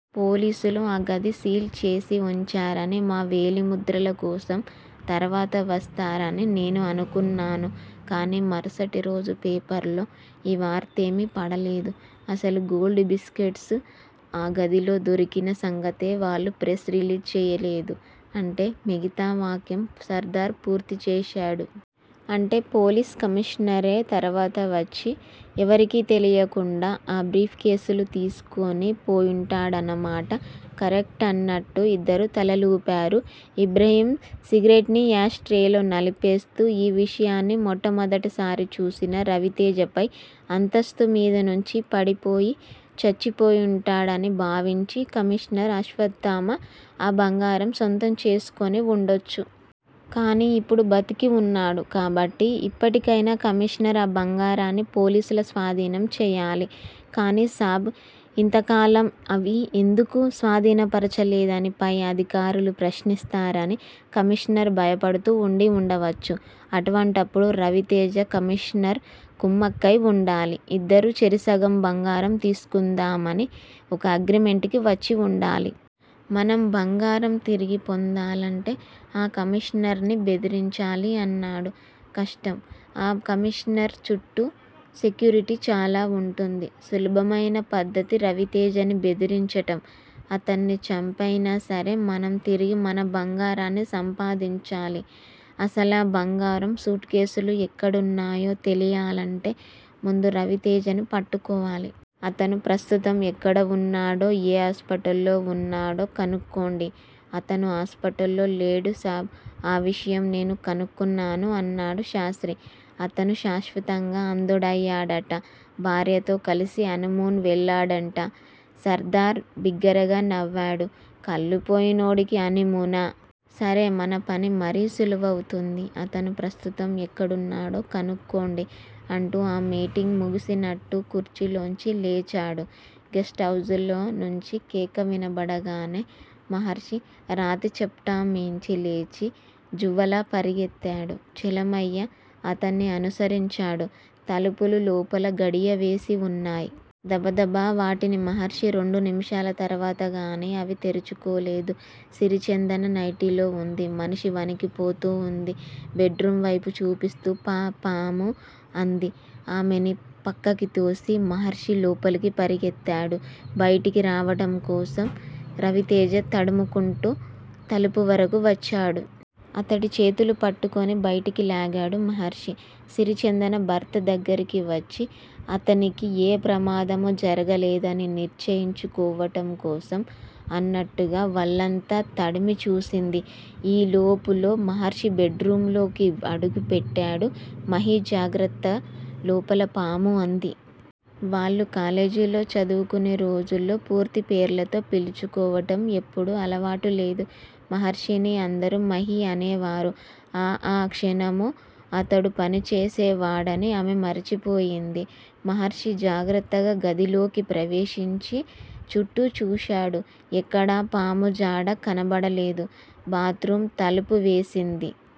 పోలీసులు ఆ గది సీల్ చేసి ఉంచారని, మా వేలిముద్రల కోసం తరువాత వస్తారని నేను అనుకున్నాను. కానీ మరుసటిరోజు పేపర్లో ఈ వార్తేమీ పడలేదు. అసలు గోల్డ్ బిస్కట్స్ ఆ గదిలో దొరికిన సంగతే వాళ్ళు ప్రెస్ రిలీజ్ చేయలేదు. అంటే మిగతా వాక్యం సర్దార్ పూర్తి చేశాడు. అంటే పోలీస్ కమీషనరే తర్వాత వచ్చి ఎవరికీ తెలియకుండా ఆ బ్రీఫ్ కేసులు తీసుకొని పోయుంటాడన్నమాట. కరెక్ట్ అన్నట్టు ఇద్దరూ తలలూపారు. ఇబ్రహీం సిగరెట్ ని యాష్ ట్రే లో నలిపేస్తూ ఈ విషయాన్ని మొట్టమొదటసారి చూసిన 'రవితేజ' పై అంతస్థుమీద నుంచి పడిపోయి చచ్చిపొయింటాడని భావించి కమీషనర్ అశ్వత్థామ ఆ బంగారం సొంతం చేసుకొని ఉండొచ్చు. కానీ ఇప్పుడు బతికి ఉన్నాడు కాబట్టి, ఇప్పటికైనా కమీషనర్ ఆ బంగారాన్ని పోలీసుల స్వాధీనం చేయాలి. కానీ సాబ్ ఇంతకాలం అవి ఎందుకు స్వాధీనపరచలేదని పై అధికారులు ప్రశ్నిస్తారని కమీషనర్ భయపడుతూ ఉండి ఉండవచ్చు! అటువంటప్పుడు రవితేజ, కమీషనర్ కుమ్మక్కై ఉండాలి. ఇద్దరూ చెరిసగం బంగారం తీసుకుందామని ఒక అగ్రిమెంటుకి వచ్చి ఉండాలి. మనం బంగారం తిరిగి పొందాలంటే ఆ కమీషనర్ ని బెదిరించాలి అన్నాడు. కష్టం. ఆ కమీషనర్ చుట్టూ సెక్యూరిటీ చాలా వుంటుంది. సులభమైన పద్ధతి రవితేజని బెదిరించటం. అతన్ని చంపైనా సరే మనం తిరిగి మన బంగారాన్ని సంపాదించాలి. అసలా బంగారం సూట్ కేస్ లు ఎక్కడున్నాయో తెలియాలంటే ముందు రవితేజని పట్టుకోవాలి. అతను ప్రస్తుతం ఎక్కడ వున్నాడో, ఏ హాస్పిటల్ లో ఉన్నాడో కనుక్కోండి. అతను హాస్పిటల్ లో లేడు సాబ్! ఆ విషయం నేను కనుక్కున్నాను అన్నాడు శాస్త్రి. అతడు శ్వాశతంగా అంధుడయ్యాడట. భార్యతో కలిసి హనీమూన్ వెళ్ళడంట. సర్దార్ బిగ్గరగా నవ్వాడు. కళ్ళు పోయినోడికి హనీమూనా? సరే- మన పని మరీ సులువవుతుంది. అతను ప్రస్తుతం ఎక్కడున్నాడో కనుక్కోండి అంటూ ఆ మీటింగ్ ముగిసినట్టు కుర్చీలోంచి లేచాడు. గెస్టు హౌస్ లో నుంచి కేక వినపడగానే, మహర్షి రాతిచప్టామీంచి లేచి జువ్వలా పరిగెత్తాడు. చలమయ్య అతన్ని అనుసరించాడు. తలుపులు లోపల గడియవేసి వున్నాయి. దబదబా వాటిని మహర్షి, రెండు నిమిషాల తర్వాత గానీ అవి తెరుచుకోలేదు. సిరిచందన నైటీలో వుంది. మనిషి వణికిపోతూ ఉంది. బెడ్ రూం వైపు చూపిస్తూ పా పాము అంది. ఆమెని పక్కకితోసి మహర్షి లోపలి పరిగెత్తాడు. బైటకి రావటం కోసం రవితేజ. తడుముకుంటూ తలుపు వరకూ వచ్చాడు. అతడి చేతులు పట్టుకుని బయటికి లాగాడు మహర్షి. సిరిచందన భర్త దగ్గరికి వచ్చి అతనికి ఏ ప్రమాదమూ జరగలేదని నిశ్చయించుకోవటం కోసం అన్నట్టుగా వళ్ళంతా తడిమి చూసింది. ఈ లోపులో మహర్షి బెడ్ రూం లోకి అడుగు పెట్టాడు మహీ, జాగ్రత్త! లోపల పాము అంది. వాళ్ళు కాలేజీలో చదువుకొనే రోజుల్లో పూర్తి పేర్లతో పిలుచుకోవటం ఎప్పుడూ అలవాటు లేదు. మహర్షిని అందరూ 'మహీ' అనేవారు. ఆ ఆ క్షణం అతడు పనిచేసేవాడని ఆమె మర్చిపోయింది. మహర్షి జాగ్రత్తగా గదిలోకి ప్రవేశించి చుట్టూ చూశాడు. ఎక్కడా పాముజాడ కనపడలేదు. బాత్ రూం తలుపు వేసింది.